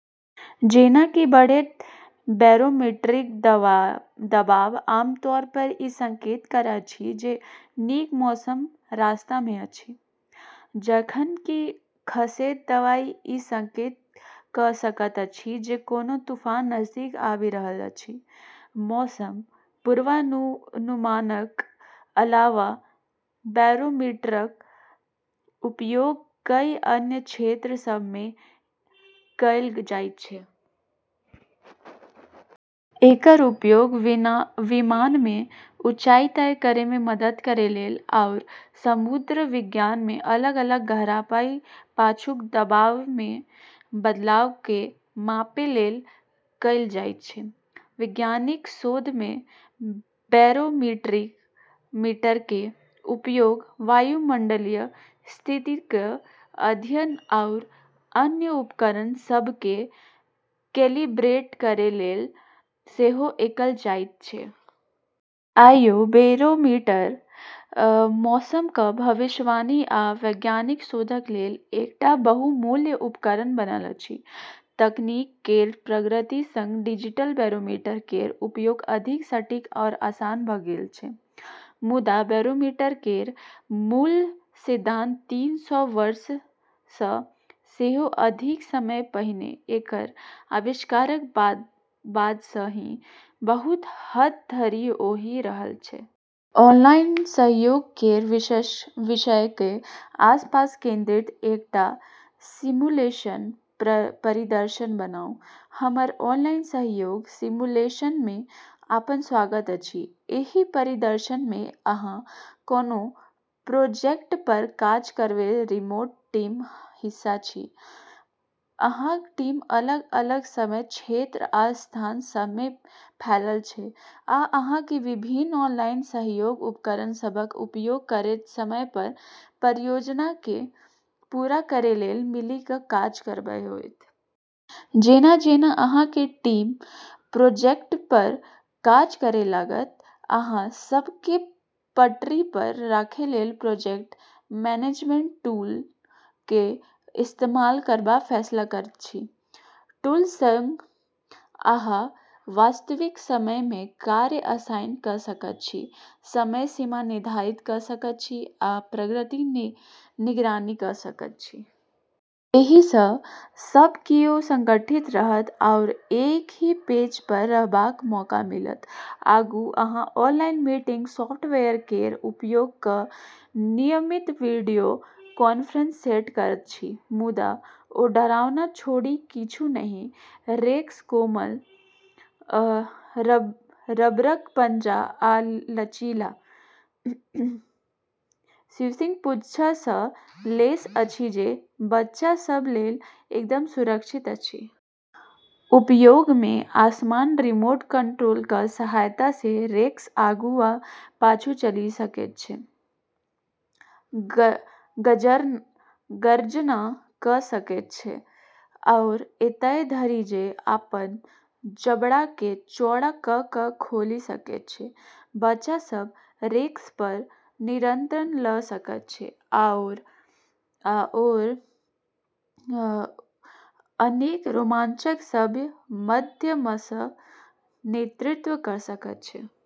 जेना कि बढ़ैत बैरोमीटरिक दबाव आमतौरपर ई संकेत करैत अछि जे नीक मौसम रास्तामे अछि, जखन कि खसैत दबाव ई संकेत कऽ सकैत अछि जे कोनो तूफान नजदीक आबि रहल अछि। मौसम पूर्वानुमानक अलावा बैरोमीटरक उपयोग कई अन्य क्षेत्र सभमे कएल जाइत छै। एकर उपयोग विमाननमे ऊँचाई तय करैमे मदद करै लेल आओर समुद्र विज्ञानमे अलग-अलग गहराईपर पाछूक दबावमे बदलावक मापै लेल कएल जाइत छै। वैज्ञानिक शोधमे बैरोमीटरक उपयोग वायुमंडलीय स्थितिक अध्ययन आओर अन्य उपकरण सभकेँ कैलिब्रेट करै लेल सेहो कएल जाइत छै। आइयो बैरोमीटर मौसमक भविष्यवाणी आ वैज्ञानिक शोधक लेल एकटा बहुमूल्य उपकरण बनल अछि। तकनीक केर प्रगति संग डिजिटल बैरोमीटर केर उपयोग अधिक सटीक आओर आसान भऽ गेल छै। मुदा बैरोमीटर केर मूल सिद्धांत तीन सौ वर्षसँ सेहो अधिक समय पहिने एकर आविष्कारक बादसँ ही बहुत हद धरि ओही रहल छै। ऑनलाइन सहयोग केर विषयक आसपास केंद्रित एकटा सिमुलेशन परिदृश्य बनाउ। हमर ऑनलाइन सहयोग सिमुलेशनमे अपन स्वागत अछि! एहि परिदृश्यमे अहाँ कोनो प्रोजेक्टपर काज करैवाला रिमोट टीमक हिस्सा छी। अहाँक टीम अलग-अलग समय क्षेत्र आ स्थान सभमे फैलल छै, आ अहाँकेँ विभिन्न ऑनलाइन सहयोग उपकरण सभक उपयोग करैत समयपर परियोजनाकेँ पूरा करै लेल मिलि कऽ काज करब होयत। जेना-जेना अहाँक टीम प्रोजेक्टपर काज करै लागत, अहाँ सभकेँ पटरीपर राखै लेल प्रोजेक्ट मैनेजमेंट टूलक इस्तेमाल करबाक फैसला करैत छी। टूलक संग, अहाँ वास्तविक समयमे कार्य असाइन कऽ सकैत छी, समय सीमा निर्धारित कऽ सकैत छी आ प्रगतिक निगरानी कऽ सकैत छी। एहिसँ सब कियो संगठित रहत आओर एकही पेजपर रहबाक मौका मिलत। आगू, अहाँ ऑनलाइन मीटिंग सॉफ्टवेयर केर उपयोग कऽ नियमित वीडियो कॉन्फ्रेंस सेट करैत छी। मुदा, ओ डरावना छोड़ि किछुओ नहि, रेक्स कोमल, रबरक पंजा आ लचीला, स्विशिंग पूँछसँ लैस अछि जे बच्चा सभक लेल एकदम सुरक्षित अछि। उपयोगमे आसान रिमोट कंट्रोलक सहायतासँ रेक्स आगू वा पाछू चलि सकैत छै, गर्जना कऽ सकैत छै, आओर एतय धरि जे अपन जबड़ाकेँ चौड़ा कऽ कऽ खोलि सकैत छै। बच्चा सभ रेक्सपर नियंत्रण लऽ सकैत छै आ ओकरा अनेक रोमांच सभक माध्यमसँ नेतृत्व कऽ सकैत छै।